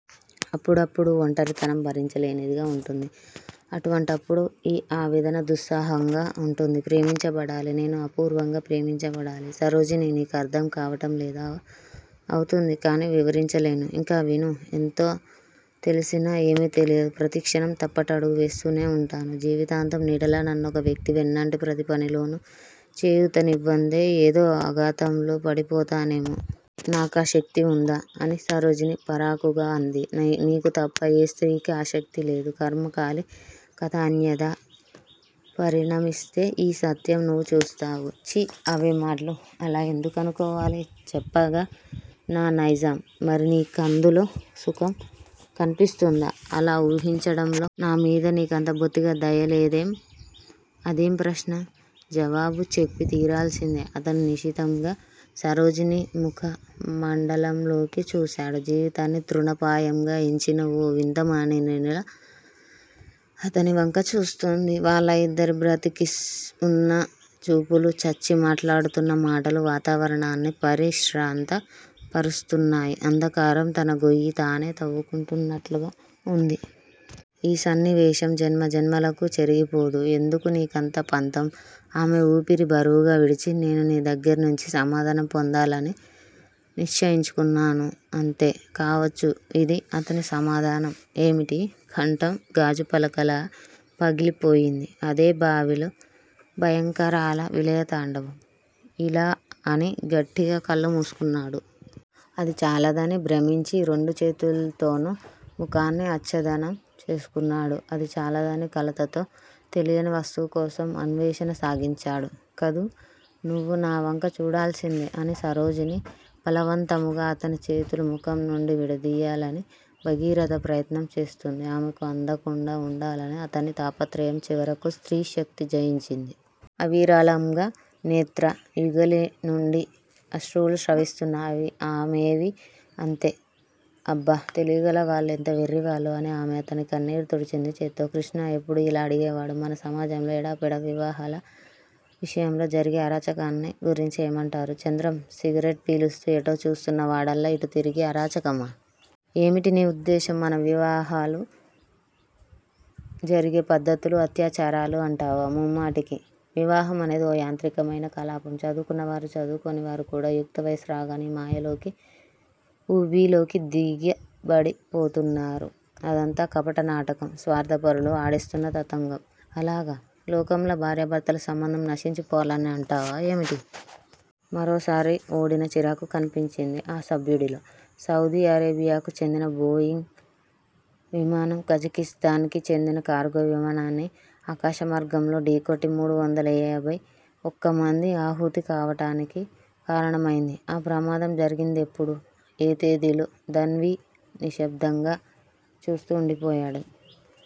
అప్పుడప్పుడూ ఒంటరితనం భరించలేనిదిగా వుంటుంది. అటువంటప్పుడు ఈ ఆవేదన దుస్సాహంగా వుంటుంది. ప్రేమించబడాలి. నేను అపూర్వంగా ప్రేమించబడాలి. సరోజినీ నీకర్ధం కావటంలేదా? అవుతోంది. కానీ వివరించలేను. ఇంకావిను. ఎంత తెలిసినా ఏమీ తెలియదు. ప్రతిక్షణం తప్పటడుగు వేస్తూనే వుంటాను. జీవితాంతం నీడలా నన్నొక వ్యక్తి వెన్నంటి ప్రతిపనిలోనూ చేయూతనివ్వందే ఏదో అఘాతంలో పడిపోతానేమో. నాకా శక్తి వుందా? అని సరోజిని పరాకుగా అంది. నీనీకు తప్ప ఏ స్త్రీకీ ఆ శక్తి లేదు. ఖర్మ కాలి కథ అన్యధా పరిణమిస్తే యీ సత్యం నువ్వు చూస్తావు. ఛీ, అవేం మాట్లు? అలా ఎందుకనుకోవాలి? చెప్పాగా నా నైజం. మరి నీకందులో సుఖం కనిపిస్తోందా-అలా ఊహించడంలో? నామీద నీకంత బొత్తిగా దయలేదేం? అదేం ప్రశ్న? జవాబు చెప్పి తీరాల్సిందే! అతను నిశితంగా సరోజిని ముఖ మండలంలోకి చూశాడు. జీవితాన్ని తృణపాయంగా ఎంచిన ఓ వింతమానినిలా అతనివంక చూస్తోంది. వాళ్ళ యిద్దరి బ్రతికివున్న చూపులూ, చచ్చి మాట్లాడుతున్న మాటలూ వాతావరణాన్ని పరిశ్రాంత పరుస్తున్నాయి. అంధకారం తన గొయ్యి తానే తవ్వుకుంటున్నట్లుగా వుంది. ఈ సన్నివేశం జన్మజన్మలకూ చెరిగిపోదు. ఎందుకు నీకింత పంతం? ఆమె ఊపిరి బరువుగా విడిచి 'నేను నీ దగ్గిర్నుంచి సమాధానం పొందాలని నిశ్చయించుకున్నాను. అంతే. కావచ్చు యిది అతని సమాధానం. ఏమిటి? కంఠం గాజుపలకలా పగిలిపోయింది. అదే భావిలో భయంకరాల విలయ తాండవం. ఇలా అని గట్టిగా కళ్ళు మూసుకున్నాడు. అది చాలదని భ్రమించి, రెండు చేతుల్తోనూ ముఖాన్ని అచ్చదనం చేసుకున్నాడు. అదీ చాలదని కలతతో తెలియని వస్తువుకోసం అన్వేషణ సాగించాడు. 'కదూ! నువ్వు నావంక చూడాల్సిందే' అని సరోజిని బలవంతముగా అతనిచేతులు ముఖంనుండి విడదియ్యాలని భగీరథ ప్రయత్నం చేస్తోంది. ఆమెకు అందకుండా వుండాలని అతని తాపత్రయం చివరకు స్త్రీ శక్తి జయించింది. అవిరళంగా నేత్ర యుగళినుండి అశ్రువులు స్రవిస్తున్నాయి. ఆమెవీ అంతే. 'అబ్బ! తెలివిగలవాళ్ళు ఎంత వెర్రివాళ్ళు? ' అని ఆమె అతని కన్నీరు తుడిచింది చేత్తో. కృష్ణ ఎప్పుడూ యిలా అడిగేవాడు. మన సమాజంలో ఎడాపెడా వివాహాల విషయంలో జరిగే అరాచకాన్ని గురించి ఏమంటారు? చంద్రం సిగరెట్ పీలుస్తూ ఎటో చూస్తున్న వాడల్లా యిటుతిరిగి అరాచకమా? ఏమిటి నీ ఉద్దేశ్యం? మన వివాహాలు జరిగే పద్దతులు అత్యాచారాలు అంటావా? ముమ్మాటికీ! వివాహం అనేది ఓ యాంత్రికమైన కలాపం. చదువుకున్న వారు, చదువుకోనివారుకూడా యుక్తవయస్సు రాగానే మాయలోకి, ఉబీలోకి దిగబడిపోతున్నారు. అదంతా కపటనాటకం, స్వార్ధపరులు ఆడిస్తున్న తతంగం. అలాగా? లోకంలో భార్యాభర్తల సంబంధం నశించిపోవాలని అంటావా ఏమిటి? మరోసారి ఓడిన చిరాకు కనిపించింది ఆ సభ్యుడిలో. సౌదీఅరేబియాకు చెందిన బోయింగ్ విమానం కజకిస్తాన్ కి చెందిన కార్గో విమానాన్ని ఆకాశ మార్గంలో డీకొట్టి మూడువందల ఏబై ఒక్క మంది ఆహుతి కావటానికి కారణమైంది, ఆ ప్రమాదం జరిగిందెప్పుడు, ఏ తేదిలో? ధన్వి నిశ్శబ్దంగా చూస్తూ వుండిపోయాడు.